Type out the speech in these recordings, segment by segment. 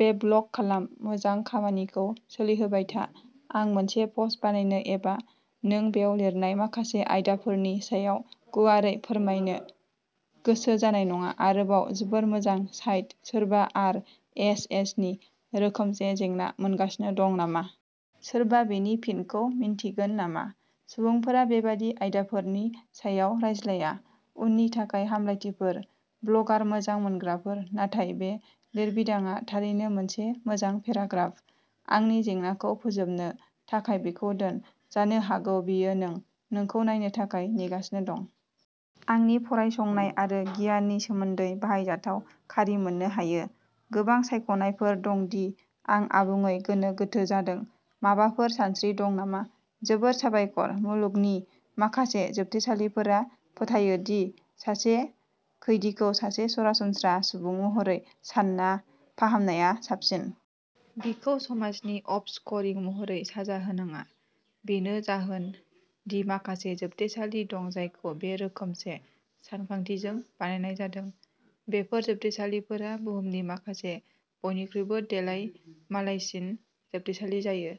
Weblog खालाम, मोजां खामानिखौ सोलिहोबाय था। आं मोनसे पस्ट बानायनो एबा नों बेयाव लिरनाय माखासे आयदाफोरनि सायाव गुवारै फोरमायनो गोसो जानाय नङा। आरोबाव, जोबोद मोजां साइट, सोरबा आर. एस. एस. नि रोखोमसे जेंना मोनगासिनो दं नामा? सोरबा बेनि फिनखौ मिन्थिगोन नामा? सुबुंफोरा बेबादि आयदाफोरनि सायाव रायज्लाया। उननि थाखाय हामलायथिफोर, ब्लगार मोजां मोनग्राफोर नाथाय बे लिरबिदांआ थारैनो मोनसे मोजां पेराग्राफ, आंनि जेंनाखौ फोजोबनो थाखाय बेखौ दोन। जानो हागौ बेयो नों, नोंखौ नायनो थाखाय नेगासिनो दं। आंनि फरायसंनाय आरो गियाननि सोमोन्दै बाहायजाथाव खारि मोननो हायो। गोबां सायख'नायफोर दं दि आं आबुङै गोनो गोथो जादों। माबाफोर सानस्रि दं नामा? जोबोद साबायखर, मुलुगनि माखासे जोबथेसालिफोरा फोथायो दि सासे खैदिखौ सासे सरासनस्रा सुबुं महरै सानना फाहामनाया साबसिन। बिखौ समाजनि अफस्क'रिं महरै साजा होनाङा। बेनो जाहोन दि माखासे जोबथेसालि दं जायखौ बे रोखोमसे सानखांथिजों बानायनाय जादों। बेफोर जोबथेसालिफोरा बुहुमनि माखासे बयनिख्रुइबो देलायमालायसिन जोबथेसालि जायो।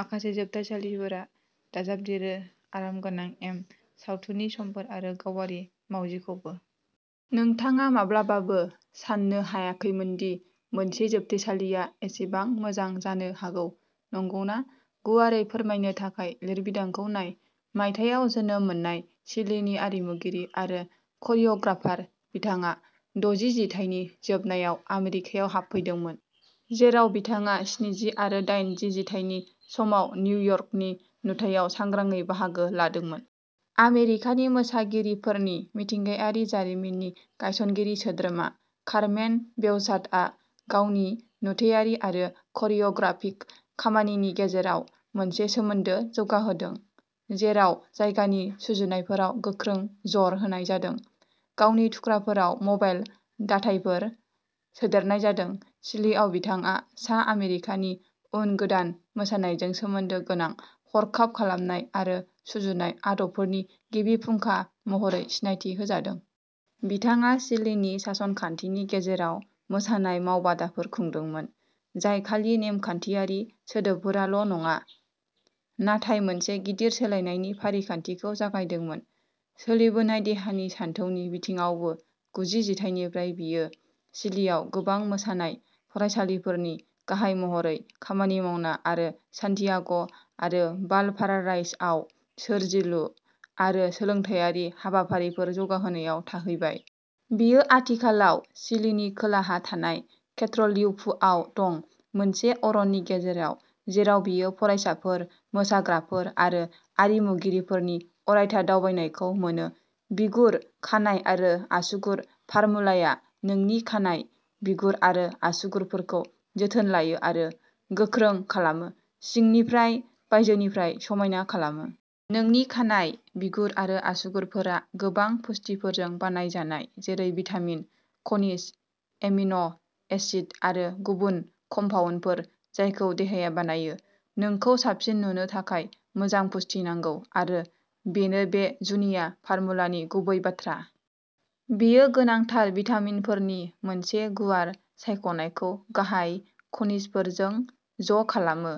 माखासे जोबथेसालिफोरा दाजाबदेरो। आरामगोनां एम, सावथुननि समफोर, आरो गावारि मावजिखौबो। नोंथाङा माब्लाबाबो सान्नो हायाखैमोन दि मोनसे जोबथेसालिया एसेबां मोजां जानो हागौ। नंगौना? गुवारै फोरमायनो थाखाय लिरबिदांखौ नाय। मायथाइयाव जोनोम मोननाय चिलीनि आरिमुगिरि आरो क'रिय'ग्राफार, बिथाङा दजि जिथाइनि जोबनायाव आमेरिकायाव हाबफैदोंमोन, जेराव बिथाङा स्निजि आरो डाइनजि जिथाइनि समाव निउयर्कनि नुथायाव सांग्राङै बाहागो लादोंमोन। आमेरिकानि मोसागिरिफोरनि मिथिंगायारि जारिमिननि गायसनगिरि सोद्रोमा, कारमेन बेउचाटआ गावनि नुथायारि आरो क'रिय'ग्राफिक खामानिनि गेजेराव मोनसे सोमोन्दो जौगाहोदों, जेराव जायगानि सुजुनायफोराव गोख्रों जर होनाय जादों। गावनि थुख्राफोराव मबाइल दाथायफोर सोदेरनाय जादों। चिलीआव बिथाङा सा आमेरिकानि उन गोदान मोसानायजों सोमोन्दो गोनां हरखाब खालामनाय आरो सुजुनाय आदबफोरनि गिबि फुंखा महरै सिनायथि होजादों। बिथाङा चिलीनि सासनखानथिनि गेजेराव मोसानाय मावबादाफोर खुंदोंमोन, जाय खालि नेमखान्थियारि सोदोबफोरावल' नङा, नाथाय मोनसे गिदिर सोलायनायनि फारिखान्थिखौ जागायदोंमोन। सोलिबोनाय देहानि सानथौनि बिथिङावबो गुजि जिथाइनिफ्राय बियो चिलिआव गोबां मोसानाय फरायसालिफोरनि गाहाय महरै खामानि मावना आरो सान्टियागो आरो वालपाराइस'आव सोरजिलु आरो सोलोंथायारि हाबाफारिफोर जौगाहोनायाव थाहैबाय। बियो आथिखालाव चिलिनि खोलाहा थानाय केट्र'लिउफुआव दं, मोनसे अरननि गेजेराव, जेराव बियो फरायसाफोर, मोसाग्राफोर आरो आरिमुगिरिफोरनि अरायथा दावबायनायखौ मोनो। बिगुर, खानाय आरो आसुगुर फर्मुलाया नोंनि खानाय, बिगुर आरो आसुगुरफोरखौ जोथोन लायो आरो गोख्रों खालामो, सिंनिफ्राय बायजोनिफ्राय समायना खालामो। नोंनि खानाय, बिगुर आरो आसुगुरफोरा गोबां पुष्टिफोरजों बानायजानाय जेरै भिटामिन, खनिज, एमिनो एसिड आरो गुबुन कम्पाउन्डफोर जायखौ देहाया बानायो। नोंखौ साबसिन नुनो थाखाय मोजां पुष्टि नांगौ, आरो बेनो बे जुनिया फर्मुलानि गुबै बाथ्रा। बेयो गोनांथार भिटामिनफोरनि मोनसे गुवार सायख'नायखौ गाहाय खनिजफोरजों ज' खालामो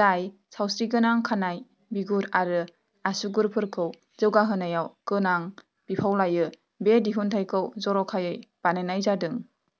जाय सावस्रिगोनां खानाय, बिगुर आरो आसुगुरफोरखौ जौगाहोनायाव गोनां बिफाव लायो। बे दिहुनथायखौ जर'खायै बानायनाय जादों।